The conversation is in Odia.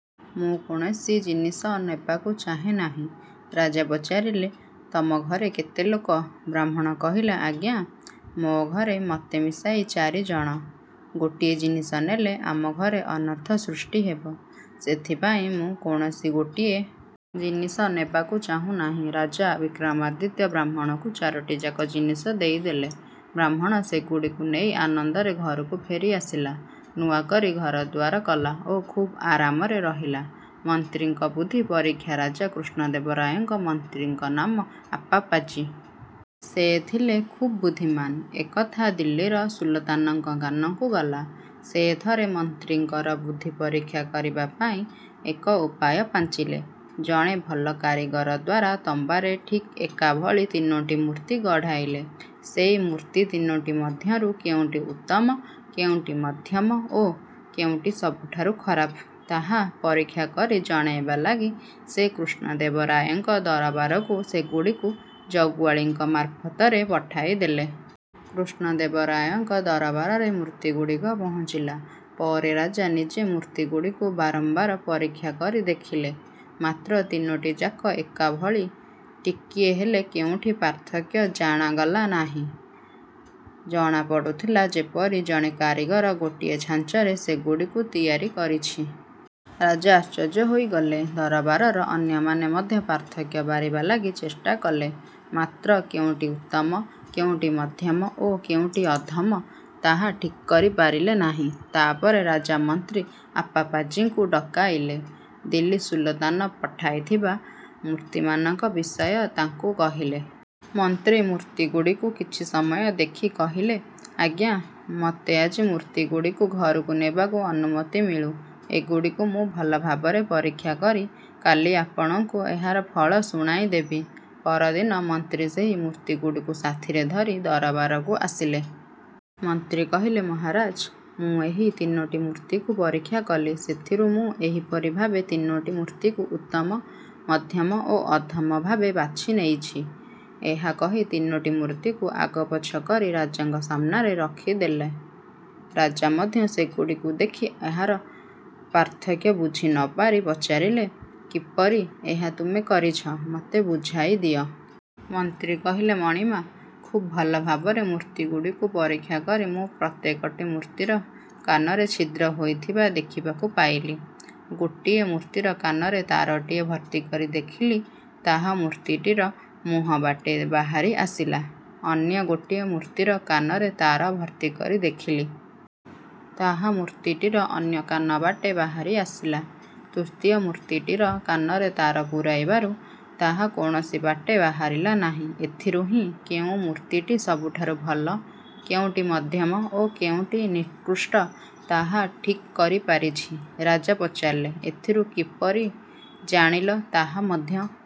ମୁଁ କୌଣସି ଜିନିଷ ନେବାକୁ ଚାହେଁ ନାହିଁ। '' ରାଜା ପଚାରିଲେ-''ତମ ଘରେ କେତେ ଲୋକ? '' ବ୍ରାହ୍ମଣ କହିଲା- ''ଆଜ୍ଞା, ମୋ ଘରେ ମୋତେ ମିଶାଇ ଚାରି ଜଣ। ଗୋଟିଏ ଜିନିଷ ନେଲେ ଆମ ଘରେ ଅନର୍ଥ ସୃଷ୍ଟି ହେବ। ସେଥିପାଇଁ ମୁଁ କୌଣସି ଗୋଟିଏ। ଜିନିଷ ନେବାକୁ ଚାହୁଁ ନାହିଁ। ରାଜା ବିକ୍ରମାଦିତ୍ୟ ବ୍ରାହ୍ମଣକୁ ଚାରୋଟିଯାକ ଜିନିଷ ଦେଇ ଦେଲେ। ବ୍ରାହ୍ମଣ ସେଗୁଡ଼ିକୁ ନେଇ ଆନନ୍ଦରେ ଘରକୁ ଫେରି ଆସିଲା। ନୂଆ କରି ଘର ଦୁଆର କଲା ଓ ଖୁବ୍ ଆରାମରେ ରହିଲା। ମନ୍ତ୍ରୀଙ୍କ ବୁଦ୍ଧି ପରୀକ୍ଷା ରାଜା କୃଷ୍ଣଦେବ ରାୟଙ୍କ ମନ୍ତ୍ରୀଙ୍କ ନାମ ଅପ୍ପାଜୀ। ସେ ଥିଲେ ଖୁବ୍ ବୁଦ୍ଧିମାନ୍। ଏକଥା ଦିଲ୍ଲୀର ସୁଲତାନଙ୍କ କାନକୁ ଗଲା। ସେ ଥରେ ମନ୍ତ୍ରୀଙ୍କର ବୁଦ୍ଧି ପରୀକ୍ଷା କରିବା ପାଇଁ ଏକ ଉପାୟ ପାଞ୍ଚିଲେ। ଜଣେ ଭଲ କାରିଗର ଦ୍ୱାରା ତମ୍ବାରେ ଠିକ୍ ଏକା ଭଳି ତିନୋଟି ମୂର୍ତ୍ତି ଗଢ଼ାଇଲେ। ସେଇ ମୂର୍ତ୍ତି ତିନୋଟି ମଧ୍ୟରୁ କେଉଁଟି ଉତ୍ତମ, କେଉଁଟି ମଧ୍ୟମ ଓ କେଉଁଟି ସବୁଠାରୁ ଖରାପ ତାହା ପରୀକ୍ଷା କରି ଜଣାଇବା ଲାଗି ସେ କୃଷ୍ଣଦେବ ରାୟଙ୍କ ଦରବାରକୁ ସେଗୁଡ଼ିକୁ ଜଗୁଆଳିଙ୍କ ମାର୍ଫତରେ ପଠାଇଦେଲେ। କୃଷ୍ଣଦେବ ରାୟଙ୍କ ଦରବାରରେ ମୂର୍ତ୍ତିଗୁଡ଼ିକ ପହଞ୍ଚିଲା ପରେ ରାଜା ନିଜେ ମୂର୍ତ୍ତିଗୁଡ଼ିକୁ ବାରମ୍ବାର ପରୀକ୍ଷା କରି ଦେଖିଲେ; ମାତ୍ର ତିନୋଟି ଯାକ ଏକା ଭଳି; ଟିକିଏ ହେଲେ କେଉଁଠି ପାର୍ଥକ୍ୟ ଜାଣାଗଲା ନାହିଁ। ଜଣା ପଡ଼ୁଥିଲା ଯେପରି ଜଣେ କାରିଗର ଗୋଟିଏ ଛାଞ୍ଚରେ ସେଗୁଡ଼ିକୁ ତିଆରି କରିଛି। ରାଜା ଆଶ୍ଚର୍ଯ୍ୟ ହୋଇଗଲେ। ଦରବାରର ଅନ୍ୟମାନେ ମଧ୍ୟ ପାର୍ଥକ୍ୟ ବାରିବା ଲାଗି ଚେଷ୍ଟା କଲେ। ମାତ୍ର କେଉଁଟି ଉତ୍ତମ, କେଉଁଟି ମଧ୍ୟମ ଓ କେଉଁଟି ଅଧମ ତାହା ଠିକ୍ କରି ପାରିଲେ ନାହିଁ। ତାପରେ ରାଜା ମନ୍ତ୍ରୀ ଅପ୍ପାଜୀଙ୍କୁ ଡକାଇଲେ। ଦିଲ୍ଲୀ ସୁଲତାନ ପଠାଇଥିବା ମୂର୍ତ୍ତିମାନଙ୍କ ବିଷୟ ତାଙ୍କୁ କହିଲେ। ମନ୍ତ୍ରୀ ମୂର୍ତ୍ତିଗୁଡ଼ିକୁ କିଛି ସମୟ ଦେଖି କହିଲେ-''ଆଜ୍ଞା, ମୋତେ ଆଜି ମୂର୍ତ୍ତିଗୁଡ଼ିକୁ ଘରକୁ ନେବାକୁ ଅନୁମତି ମିଳୁ। ଏଗୁଡ଼ିକୁ ମୁଁ ଭଲ ଭାବରେ ପରୀକ୍ଷା କରି କାଲି ଆପଣଙ୍କୁ ଏହାର ଫଳ ଶୁଣାଇ ଦେବି। '' ପରଦିନ ମନ୍ତ୍ରୀ ସେହି ମୂର୍ତ୍ତିଗୁଡ଼ିକୁ ସାଥିରେ ଧରି ଦରବାରକୁ ଆସିଲେ। ମନ୍ତ୍ରୀ କହିଲେ- ''ମହାରାଜ! ମୁଁ ଏହି ତିନୋଟି ମୂର୍ତ୍ତିକୁ ପରୀକ୍ଷା କଲି। ସେଥିରୁ ମୁଁ ଏହିପରି ଭାବେ ତିନୋଟି ମୂର୍ତ୍ତିକୁ ଉତ୍ତମ, ମଧ୍ୟମ ଓ ଅଧମ ଭାବେ ବାଛି ନେଇଛି''-ଏହା କହି ତିନୋଟି ମୂର୍ତ୍ତିକୁ ଆଗପଛ କରି ରାଜାଙ୍କ ସାମ୍ନାରେ ରଖି ଦେଲେ। ରାଜା ମଧ୍ୟ ସେଗୁଡ଼ିକୁ ଦେଖି ଏହାର ପାର୍ଥକ୍ୟ ବୁଝିନପାରି ପଚାରିଲେ-''କିପରି ଏହା ତୁମେ କରିଛ ମୋତେ ବୁଝାଇ ଦିଅ। '' ମନ୍ତ୍ରୀ କହିଲେ- ''ମଣିମା! ଖୁବ୍ ଭଲ ଭାବରେ ମୂର୍ତ୍ତିଗୁଡ଼ିକୁ ପରୀକ୍ଷା କରି ମୁଁ ପ୍ରତ୍ୟେକଟି ମୂର୍ତ୍ତିର କାନରେ ଛିଦ୍ର ହୋଇଥିବା ଦେଖିବାକୁ ପାଇଲି। ଗୋଟିଏ ମୂର୍ତ୍ତିର କାନରେ ତାରଟିଏ ଭର୍ତ୍ତିକରି ଦେଖିଲି ତାହା ମୂର୍ତ୍ତିଟିର ମୁହଁ ବାଟେ ବାହାରି ଆସିଲା। ଅନ୍ୟ ଗୋଟିଏ ମୂର୍ତ୍ତିର କାନରେ ତାର ଭର୍ତ୍ତିକରି ଦେଖିଲି। ତାହା ମୂର୍ତ୍ତିଟିର ଅନ୍ୟ କାନ ବାଟେ ବାହାରି ଆସିଲା। ତୃତୀୟ ମୂର୍ତ୍ତିଟିର କାନରେ ତାର ପୂରାଇବାରୁ ତାହା କୌଣସି ବାଟେ ବାହାରିଲା ନାହିଁ। ଏଥିରୁ ହିଁ କେଉଁ ମୂର୍ତ୍ତିଟି ସବୁଠାରୁ ଭଲ, କେଉଁଟି ମଧ୍ୟମ, ଓ କେଉଁଟି ନିକୃଷ୍ଟ ତାହା ଠିକ୍ କରି ପାରିଛି। '' ରାଜା ପଚାରିଲେ-''ଏଥିରୁ କିପରି ଜାଣିଲ ତାହା ମଧ୍ୟ